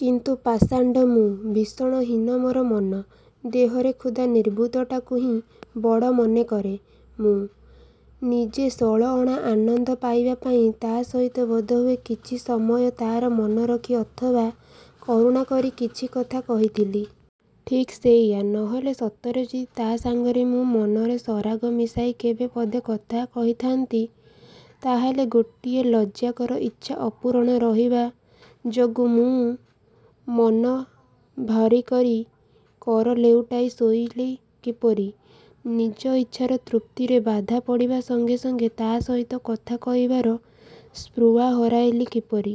କିନ୍ତୁ ପାଷାଣ୍ଡ ମୁଁ। ଭୀଷଣ ହୀନ ମୋର ମନ। ଦେହର କ୍ଷୁଧା ନିବୃତ୍ତିଟାକୁ ହିଁ ବଡ଼ ମନେ କରେ ମୁଁ। ନିଜେ ଷୋଳଅଣା ଆନନ୍ଦ ପାଇବା ପାଇଁ ତା' ସହିତ ବୋଧହୁଏ କିଛି ସମୟ ତା'ର ମନ ରଖି ଅଥବା କରୁଣା କରି କିଛି କଥା କହିଥିଲି। ଠିକ୍ ସେଇଆ। ନହେଲେ ସତରେ ଯଦି ତା' ସାଙ୍ଗରେ ମୁଁ ମନର ସରାଗ ମିଶାଇ କେବେ ପଦେ କଥା କହିଥାନ୍ତି, ତାହାହେଲେ ଗୋଟିଏ ଲଜ୍ଜାକର ଇଚ୍ଛା ଅପୂରଣ ରହିବା ଯୋଗୁଁ ମୁଁ ମନ ଭାରି କରି କର ଲେଉଟାଇ ଶୋଇଲି କିପରି? ନିଜ ଇଚ୍ଛାର ତୃପ୍ତିରେ ବାଧା ପଡ଼ିବା ସଙ୍ଗେ ସଙ୍ଗେ ତା' ସହିତ କଥା କହିବାର ସ୍ପୃହା ହରାଇଲି କିପରି?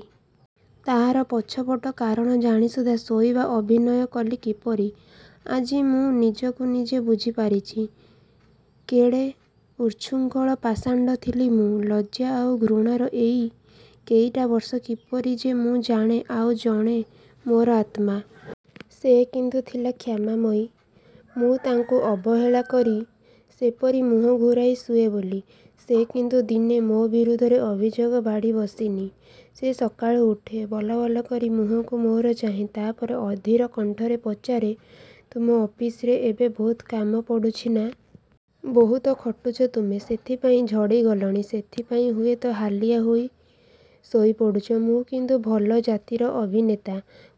ତା'ର ଛଟପଟ କାରଣ ଜାଣି ସୁଦ୍ଧା ଶୋଇବା ଅଭିନୟ କଲି କିପରି? ଆଜି ମୁଁ ନିଜକୁ ନିଜେ ବୁଝି ପାରିଛି, କେଡ଼େ ଉଚ୍ଛୃଙ୍ଖଳ ପାଷାଣ୍ଡ ଥିଲି ମୁଁ। ଲଜ୍ଜା ଆଉ ଘୃଣାରେ ଏଇ କେଇଟା ବର୍ଷ କିପରି ଯେ ମୁଁ ଜାଣେ ଆଉ ଜଣେ ମୋର ଆତ୍ମା। ସେ କିନ୍ତୁ ଥିଲା କ୍ଷମାମୟୀ। ମୁଁ ତାଙ୍କୁ ଅବହେଳା କରି ସେପରି ମୁହଁ ଘୂରାଇ ଶୁଏ ବୋଲି, ସେ କିନ୍ତୁ ଦିନେ ମୋ ବିରୁଦ୍ଧରେ ଅଭିଯୋଗ ବାଢ଼ି ବସିନି। ସେ ସକାଳୁ ଉଠେ। ବଲ ବଲ କରି ମୁହଁକୁ ମୋର ଚାହେଁ। ତା' ପରେ ଅଧୀର କଣ୍ଠରେ ପଚାରେ ତୁମ ଅଫିସରେ ଏବେ ବହୁତ କାମ ପଡ଼ୁଛି ନା? ବହୁତ ଖଟୁଛ ତୁମେ ସେଥିପାଇଁ ଝଡ଼ି ଗଲଣି, ସେଇଥିପାଇଁ ହୁଏତ ହାଲିଆ ହୋଇ ଶୋଇ ପଡ଼ୁଛ। ମୁଁ କିନ୍ତୁ ଭଲ ଜାତିର ଅଭିନେତା।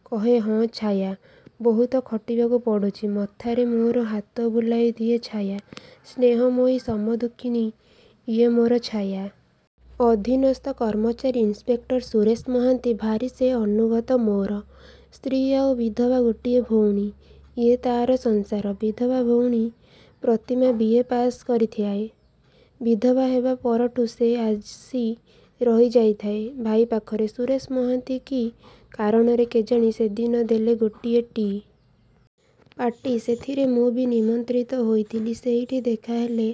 କହେ ହଁ ଛାୟା, ବହୁତ ଖଟିବାକୁ ପଡ଼ୁଛି। ମଥାରେ ମୋର ହାତ ବୁଲାଇ ଦିଏ ଛାୟା, ସ୍ନେହମୟୀ, ସମଦୁଃଖିନୀ ଏଇ ମୋର ଛାୟା। ଅଧୀନସ୍ଥ କର୍ମଚାରୀ ଇନ୍‌ସପେକ୍ଟର ସୁରେଶ ମହାନ୍ତି। ଭାରି ସେ ଅନୁଗତ ମୋର। ସ୍ତ୍ରୀ ଆଉ ବିଧବା ଗୋଟିଏ ଭଉଣୀ। ଏଇ ତା'ର ସଂସାର। ବିଧବା ଭଉଣୀ ପ୍ରତିମା ବି. ଏ. ପାସ୍ କରିଥାଏ। ବିଧବା ହେବା ପରଠୁ ସେ ଆସି ରହିଯାଇଥାଏ ଭାଇ ପାଖରେ। ସୁରେଶ ମହାନ୍ତି କି କାରଣରେ କେଜାଣି ସେଦିନ ଦେଲେ ଗୋଟିଏ ଟି. ପାର୍ଟି। ସେଇଥିରେ ମୁଁ ବି ନିମନ୍ତ୍ରିତ ହୋଇଥିଲି। ସେଇଠି ଦେଖାହେଲା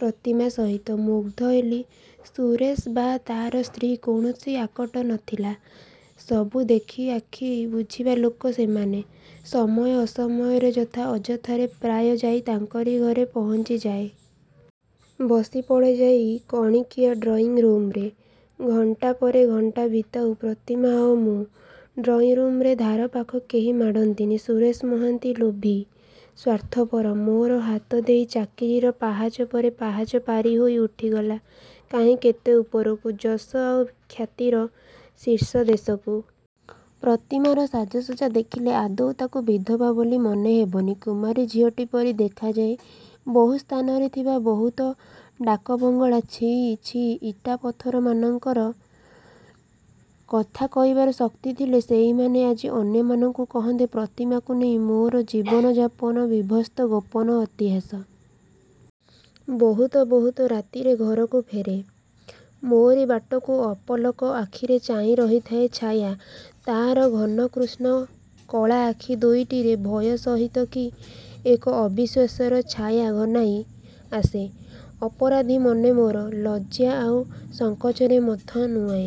ପ୍ରତିମା ସହିତ। ମୁଗ୍ଧ ହେଲି। ସୁରେଶ ବା ତା'ର ସ୍ତ୍ରୀର କୌଣସି ଆକଟ ନ ଥିଲା। ସବୁ ଦେଖି ଆଖି ବୁଜିବା ଲୋକ ସେମାନେ। ସମୟ ଅସମୟରେ ଯଥା ଅଯଥାରେ ପ୍ରାୟ ଯାଇ ତାଙ୍କରି ଘରେ ପହଞ୍ଚି ଯାଏ। ବସି ପଡ଼େ ଯାଇ କଣିକିଆ ଡ୍ରଇଂରୁମ୍‌ରେ। ଘଣ୍ଟା ପରେ ଘଣ୍ଟା ବିତାଉ, ପ୍ରତିମା ଆଉ ମୁଁ। ଡ୍ରଇଂରୁମ୍‌ର ଧାର ପାଖ କେହି ମାଡ଼ନ୍ତିନି। ସୁରେଶ ମହାନ୍ତି ଲୋଭୀ, ସ୍ୱାର୍ଥପର। ମୋରି ହାତ ଦେଇ ଚାକିରିର ପାହାଚ ପରେ ପାହାଚ ପାରି ହୋଇ ଉଠିଗଲା କାହିଁ କେତେ ଉପରକୁ, ଯଶ ଆଉ ଖ୍ୟାତିର ଶୀର୍ଷଦେଶକୁ। ପ୍ରତିମାର ସାଜସଜ୍ଜା ଦେଖିଲେ ଆଦୌ ତାକୁ ବିଧବା ବୋଲି ମନେ ହେବନି। କୁମାରୀ ଝିଅଟି ପରି ଦେଖାଯାଏ। ବହୁ ସ୍ଥାନରେ ଥିବା ବହୁତ ଡାକବଙ୍ଗଳା ଛି, ଛି ଇଟା ପଥରମାନଙ୍କର କଥା କହିବାର ଶକ୍ତି ଥିଲେ ସେଇମାନେ ଆଜି ଅନ୍ୟମାନଙ୍କୁ କହନ୍ତେ ପ୍ରତିମାକୁ ନେଇ ମୋର ଜୀବନ ଯାପନର ବୀଭତ୍ସ ଗୋପନ ଇତିହାସ। ବହୁତ, ବହୁତ ରାତିରେ ଘରକୁ ଫେରେ। ମୋରି ବାଟକୁ ଅପଲକ ଆଖିରେ ଚାହିଁ ରହିଥାଏ ଛାୟା। ତା'ର ଘନକୃଷ୍ଣ କଳା ଆଖି ଦୁଇଟିରେ ଭୟ ସହିତ କି ଏକ ଅବିଶ୍ୱାସର ଛାୟା ଘନାଇ ଆସେ। ଅପରାଧୀ ମନ ମୋର। ଲଜ୍ଜା ଆଉ ସଂକୋଚରେ ମଥା ନୁଆଁଏ।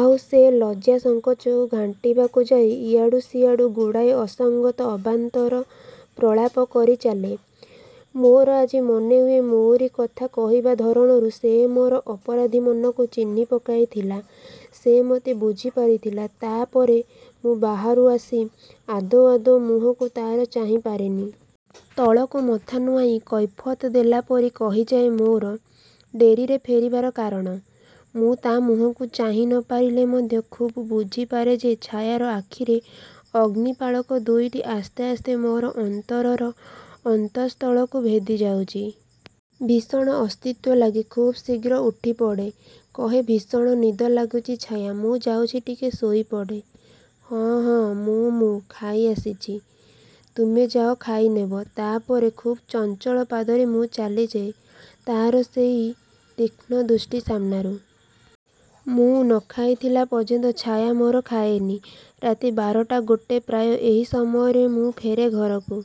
ଆଉ ସେଇ ଲଜ୍ଜା ସଂକୋଚକୁ ଘାଣ୍ଟିବାକୁ ଯାଇ ଏଆଡ଼ୁ ସେଆଡ଼ୁ ଗୁଡ଼ାଏ ଅସଙ୍ଗତ ଅବାନ୍ତର ପ୍ରଳାପ କରି ଚାଲେ। ମୋର ଆଜି ମନେ ହୁଏ ମୋରି କଥା କହିବା ଧରଣରୁ ସେ ମୋର ଅପରାଧୀ ମନକୁ ଚିହ୍ନି ପକାଇଥିଲା। ସେ ମତେ ବୁଝି ପାରିଥିଲା। ତା' ପରେ ମୁଁ ବାହାରୁ ଆସି ଆଦୌ, ଆଦୌ ମୁହଁକୁ ତା'ର ଚାହିଁ ପାରେନି। ତଳକୁ ମଥା ନୁଆଁଇ କୈଫିୟତ୍ ଦେଲା ପରି କହିଯାଏ ମୋର ଡେରିରେ ଫେରିବାର କାରଣ। ମୁଁ ତା' ମୁହଁକୁ ଚାହିଁ ନ ପାରିଲେ ମଧ୍ୟ ଖୁବ୍ ବୁଝି ପାରେ ଯେ ଛାୟାର ଆଖିର ଅଗ୍ନିଫଳକ ଦୁଇଟି ଆସ୍ତେ ଆସ୍ତେ ମୋର ଅନ୍ତରର ଅନ୍ତଃସ୍ଥଳକୁ ଭେଦି ଯାଉଛି। ଭୀଷଣ ଅସ୍ୱସ୍ତି ଲାଗେ। ଖୁବ୍ ଶୀଘ୍ର ଉଠି ପଡ଼େ। କହେ ଭୀଷଣ ନିଦ ଲାଗୁଛି ଛାୟା। ମୁଁ ଯାଉଛି ଟିକେ ଶୋଇ ପଡ଼େ। ହଁ, ହଁ ମୁଁ, ମୁଁ ଖାଇ ଆସିଛି। ତୁମେ ଯାଅ ଖାଇନେବ। ତା' ପରେ ଖୁବ୍ ଚଞ୍ଚଳ ପାଦରେ ମୁଁ ଚାଲିଯାଏ ତା'ର ସେଇ ତୀକ୍ଷ୍ଣ ଦୃଷ୍ଟି ସାମନାରୁ। ମୁଁ ନ ଖାଇଥିଲା ପର୍ଯ୍ୟନ୍ତ ଛାୟା ମୋର ଖାଏନି। ରାତି ବାରଟା, ଗୋଟେ ପ୍ରାୟ ଏହି ସମୟରେ ମୁଁ ଫେରେ ଘରକୁ।